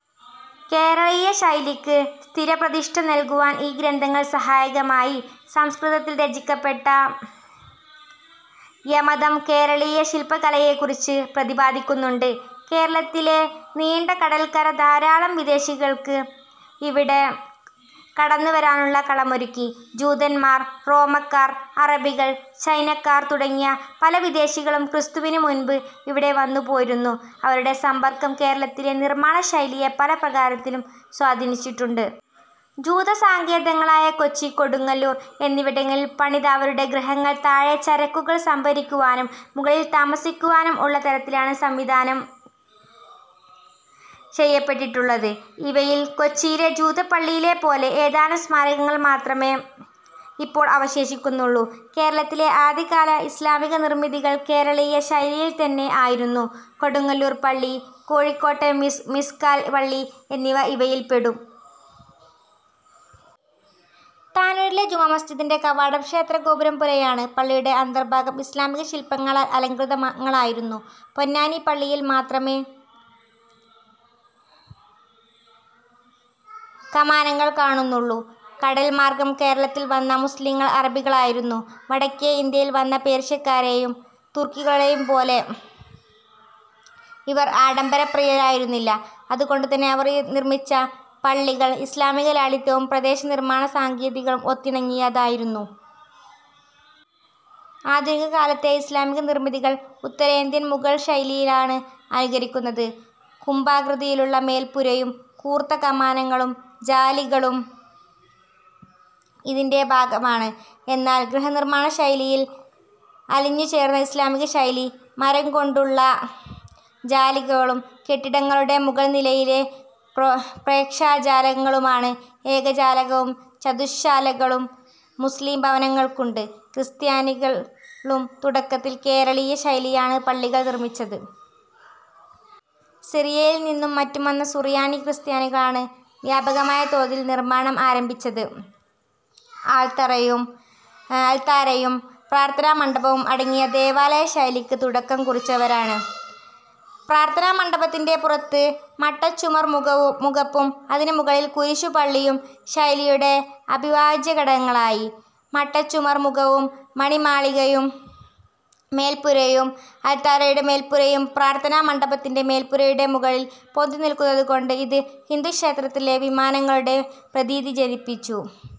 കേരളീയ ശൈലിക്ക് സ്ഥിരപ്രതിഷ്ഠ നല്കുവാൻ ഈ ഗ്രന്ഥങ്ങൾ സഹായകമായി. സംസ്കൃതത്തിൽ രചിക്കപ്പെട്ട യമതം കേരളീയ ശില്പകലയെക്കുറിച്ച് പ്രതിപാദിക്കുന്നുണ്ട്. കേരളത്തിന്റെ നീണ്ട കടൽക്കര ധാരാളം വിദേശികൾക്ക് ഇവിടെ കടന്നുവരാനുള്ള കളമൊരുക്കി. ജൂതന്മാർ, റോമാക്കാർ, അറബികൾ, ചൈനക്കാർ തുടങ്ങി പല വിദേശികളും ക്രിസ്തുവിന് മുമ്പ് ഇവിടെ വന്നുപോയിരുന്നു. അവരുടെ സമ്പർക്കം കേരളത്തിലെ നിർമ്മാണശൈലിയെ പല പ്രകാരത്തിലും സ്വാധീനിച്ചിട്ടുണ്ട്. ജൂതസാങ്കേതങ്ങളായ കൊച്ചി, കൊടുങ്ങല്ലൂർ എന്നിവിടങ്ങളിൽ പണിത അവരുടെ ഗൃഹങ്ങൾ താഴെ ചരക്കുകൾ സംഭരിക്കുവാനും മുകളിൽ താമസിക്കുവാനും ഉള്ള തരത്തിലാണ് സംവിധാനം ചെയ്യപ്പെട്ടിട്ടുള്ളത്. ഇവയിൽ കൊച്ചിയിലെ ജൂതപ്പള്ളിപോലെ ഏതാനും സ്മാരകങ്ങൾ മാത്രമേ ഇപ്പോൾ അവശേഷിക്കുന്നുള്ളൂ. കേരളത്തിലെ ആദ്യകാല ഇസ്ലാമിക നിർമിതികൾ കേരളീയ ശൈലിയിൽത്തന്നെ ആയിരുന്നു. കൊടുങ്ങല്ലൂർ പള്ളി, കോഴിക്കോട്ടെ മിസ്കാൽ പള്ളി എന്നിവ ഇവയിൽപ്പെടും. താനൂരെ ജുമാ മസ്ജിദിന്റെ കവാടം ക്ഷേത്രഗോപുരം പോലെയാണ്. പള്ളിയുടെ അന്തർഭാഗം ഇസ്ലാമിക ശില്പങ്ങളാൽ അലംകൃതങ്ങളായിരുന്നു. പൊന്നാനി പള്ളിയിൽ മാത്രമേ കമാനങ്ങൾ കാണുന്നുള്ളൂ. കടൽമാർഗ്ഗം കേരളത്തിൽവന്ന മുസ്ലീങ്ങൾ അറബികളായിരുന്നു. വടക്കേ ഇന്ത്യയിൽ വന്ന പേർഷ്യക്കാരേയും തുർക്കികളേയുംപോലെ ഇവർ ആഡംബര പ്രിയരായിരുന്നില്ല. അതുകൊണ്ടുതന്നെ അവർ നിർമിച്ച പള്ളികൾ ഇസ്ലാമിക ലാളിത്യവും പ്രാദേശിക നിർമ്മാണസങ്കേതങ്ങളും ഒത്തിണങ്ങിയവയായിരുന്നു. ആധുനിക കാലത്തെ ഇസ്ലാമിക നിർമിതികൾ ഉത്തരേന്ത്യൻ മുഗൾശൈലിയാണ് അനുകരിക്കുന്നത്. കുംഭാകൃതിയിലുള്ള മേൽപ്പുരയും കൂർത്ത കമാനങ്ങളും ജാലികളും ഇതിന്റെ ഭാഗമാണ്. എന്നാൽ ഗൃഹനിർമ്മാണ ശൈലിയിൽ അലിഞ്ഞുചേർന്ന ഇസ്ലാമിക ശൈലി മരംകൊണ്ടുള്ള ജാലികളും കെട്ടിടങ്ങളുടെ മുകൾനിലകളിലെ പ്രേക്ഷാജാലകങ്ങളുമാണ്. ഏകജാലകവും ചതുശ്ശാലകളും മുസ്ലീം ഭവനങ്ങൾക്കുണ്ട്. ക്രിസ്ത്യാനികളും തുടക്കത്തിൽ കേരളീയ ശൈലിയിലാണ് പള്ളികൾ നിർമിച്ചത്. സിറിയയിൽ നിന്നും മറ്റും വന്ന സുറിയാനി ക്രിസ്ത്യാനികളാണ് വ്യാപകമായ തോതിൽ നിർമ്മാണം ആരംഭി ച്ചത്. അൾത്താരയും പ്രാർഥനാമണ്ഡപവും അടങ്ങിയ ദേവാലയ ശൈലിക്ക് തുടക്കം കുറിച്ചതിവരാണ്. പ്രാർഥനാമണ്ഡപത്തിന്റെ പുറത്ത് മട്ടച്ചുമർ മുഖപ്പും അതിനു മുകളിൽ കുരിശും പള്ളിയും ശൈലിയുടെ അവിഭാജ്യഘടകങ്ങളായി. മട്ടച്ചുമർ മുഖപ്പും മണിമാളികയും അൾത്താരയുടെ മേൽപ്പുരയും പ്രാർഥനാ മണ്ഡപത്തിന്റെ മേൽപ്പുരയുടെ മുകളിൽ പൊന്തിനില്ക്കുന്നതുകൊണ്ട് ഇത് ഹിന്ദു ക്ഷേത്രങ്ങളിലെ വിമാനങ്ങളുടെ പ്രതീതി ജനിപ്പിച്ചു.